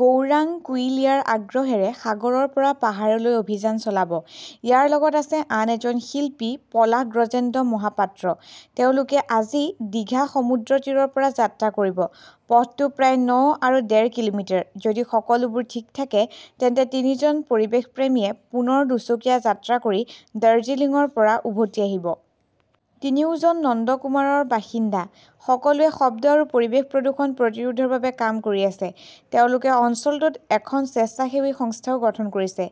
গৌৰাং কুইলিয়াৰ আগ্ৰহেৰে সাগৰৰ পৰা পাহাৰলৈ অভিযান চলাব। ইয়াৰ লগত আছে আন এজন শিল্পী পলাশ গজেন্দ্ৰ মহাপাত্ৰ। তেওঁলোকে আজি, দিঘা সমুদ্ৰতীৰৰ পৰা যাত্ৰা কৰিব। পথটো প্ৰায় ন আৰু ডেৰ কিলোমিটাৰ। যদি সকলোবোৰ ঠিক থাকে, তেন্তে তিনিজন পৰিৱেশপ্ৰেমীয়ে পুনৰ দুচকীয়া যাত্ৰা কৰি দাৰ্জিলিংৰ পৰা উভতি আহিব। তিনিওজন নন্দকুমাৰৰ বাসিন্দা। সকলোৱে শব্দ আৰু পৰিৱেশ প্ৰদূষণ প্ৰতিৰোধৰ বাবে কাম কৰি আছে। তেওঁলোকে অঞ্চলটোত এখন স্বেচ্ছাসেৱী সংস্থাও গঠন কৰিছে।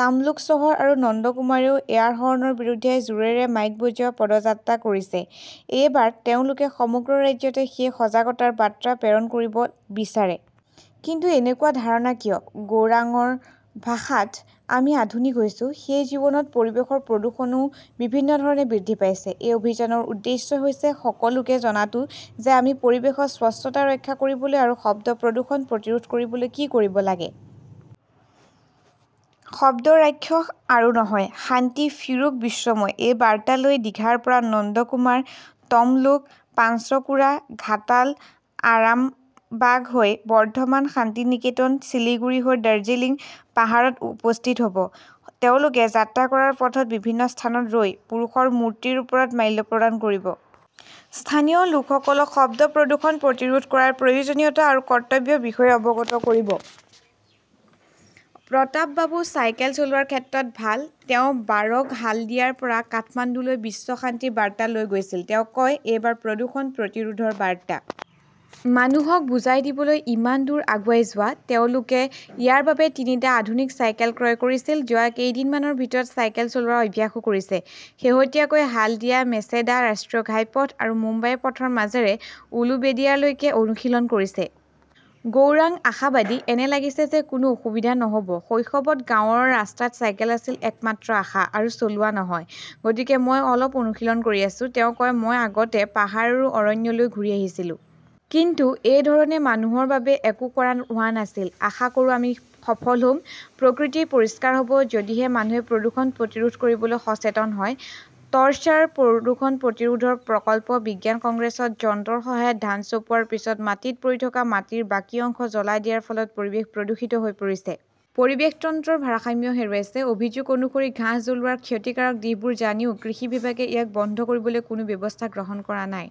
তাম্লুক চহৰ আৰু নন্দকুমাৰেও এয়াৰহৰ্নৰ বিৰুদ্ধে জোৰেৰে মাইক বজোৱা পদযাত্ৰা কৰিছে। এইবাৰ তেওঁলোকে সমগ্ৰ ৰাজ্যতে সেই সজাগতাৰ বাৰ্তা প্ৰেৰণ কৰিব বিচাৰে। কিন্তু এনেকুৱা ধাৰণা কিয়? গৌৰাংৰ ভাষাত, 'আমি আধুনিক হৈছো। সেই জীৱনত পৰিৱেশৰ প্ৰদূষণও বিভিন্ন ধৰণে বৃদ্ধি পাইছে। এই অভিযানৰ উদ্দেশ্য হৈছে সকলোকে জনাটো যে আমি পৰিৱেশৰ স্বচ্ছতা ৰক্ষা কৰিবলৈ আৰু শব্দ প্ৰদূষণ প্ৰতিৰোধ কৰিবলৈ কি কৰিব লাগে। 'শব্দ ৰাক্ষস আৰু নহয়, শান্তি ফিৰুক বিশ্বময়'-এই বাৰ্তা লৈ দীঘাৰ পৰা নন্দকুমাৰ, তমলুক, পাঞ্চকুৰা, ঘাটাল, আৰামবাগ হৈ বৰ্ধমান, শান্তিনিকেতন, শিলিগুৰি হৈ দাৰ্জিলিং পাহাৰত উপস্থিত হ'ব। তেওঁলোকে যাত্ৰা কৰাৰ পথত বিভিন্ন স্থানত ৰৈ পুৰুষৰ মূৰ্তিৰ ওপৰত মাল্য প্ৰদান কৰিব। স্থানীয় লোকসকলক শব্দ প্ৰদূষণ প্ৰতিৰোধ কৰাৰ প্ৰয়োজনীয়তা আৰু কৰ্তব্যৰ বিষয়ে অৱগত কৰিব। প্ৰতাপ বাবু চাইকেল চলোৱাৰ ক্ষেত্ৰত ভাল। তেওঁ বাৰক হালদিয়াৰ পৰা কাঠমাণ্ডুলৈ বিশ্ব শান্তিৰ বাৰ্তা লৈ গৈছিল। তেওঁ কয়, 'এইবাৰ প্ৰদূষণ প্ৰতিৰোধৰ বাৰ্তা। মানুহক বুজাই দিবলৈ ইমান দূৰ আগুৱাই যোৱা। তেওঁলোকে ইয়াৰ বাবে তিনিটা আধুনিক চাইকেল ক্ৰয় কৰিছিল। যোৱা কেইদিনমানৰ ভিতৰত চাইকেল চলোৱাৰ অভ্যাসও কৰিছে। শেহতীয়াকৈ হালদিয়া-মেচেদা ৰাষ্ট্ৰীয় ঘাইপথ আৰু মুম্বাই পথৰ মাজেৰে উলুবেদিয়ালৈকে অনুশীলন কৰিছে। গৌৰাং আশাবাদী, 'এনে লাগিছে যে কোনো অসুবিধা নহ' ব। শৈশৱত গাঁৱৰ ৰাস্তাত চাইকেল আছিল একমাত্ৰ আশা। আৰু চলোৱা নহয়। গতিকে মই অলপ অনুশীলন কৰি আছোঁ। তেওঁ কয়, 'মই আগতে পাহাৰ আৰু অৰণ্যলৈ ঘূৰি আহিছিলো। কিন্তু এই ধৰণে মানুহৰ বাবে একো কৰা হোৱা নাছিল। আশা কৰোঁ আমি সফল হ'ম। প্ৰকৃতি পৰিষ্কাৰ হ 'ব যদিহে মানুহে প্ৰদূষণ প্ৰতিৰোধ কৰিবলৈ সচেতন হয়। টৰ্চাৰ প্ৰদূষণ প্ৰতিৰোধৰ প্ৰকল্প বিজ্ঞান কংগ্ৰেছত যন্ত্ৰৰ সহায়ত ধান চপোৱাৰ পিছত মাটিত পৰি থকা মাটিৰ বাকী অংশ জ্বলাই দিয়াৰ ফলত পৰিৱেশ প্ৰদূষিত হৈ পৰিছে। পৰিৱেশ তন্ত্ৰৰ ভাৰসাম্য হেৰুৱাইছে। অভিযোগ অনুসৰি, ঘাঁহ জ্বলোৱাৰ ক্ষতিকাৰক দিশবোৰ জানিও কৃষি বিভাগে ইয়াক বন্ধ কৰিবলৈ কোনো ব্যৱস্থা গ্ৰহণ কৰা নাই।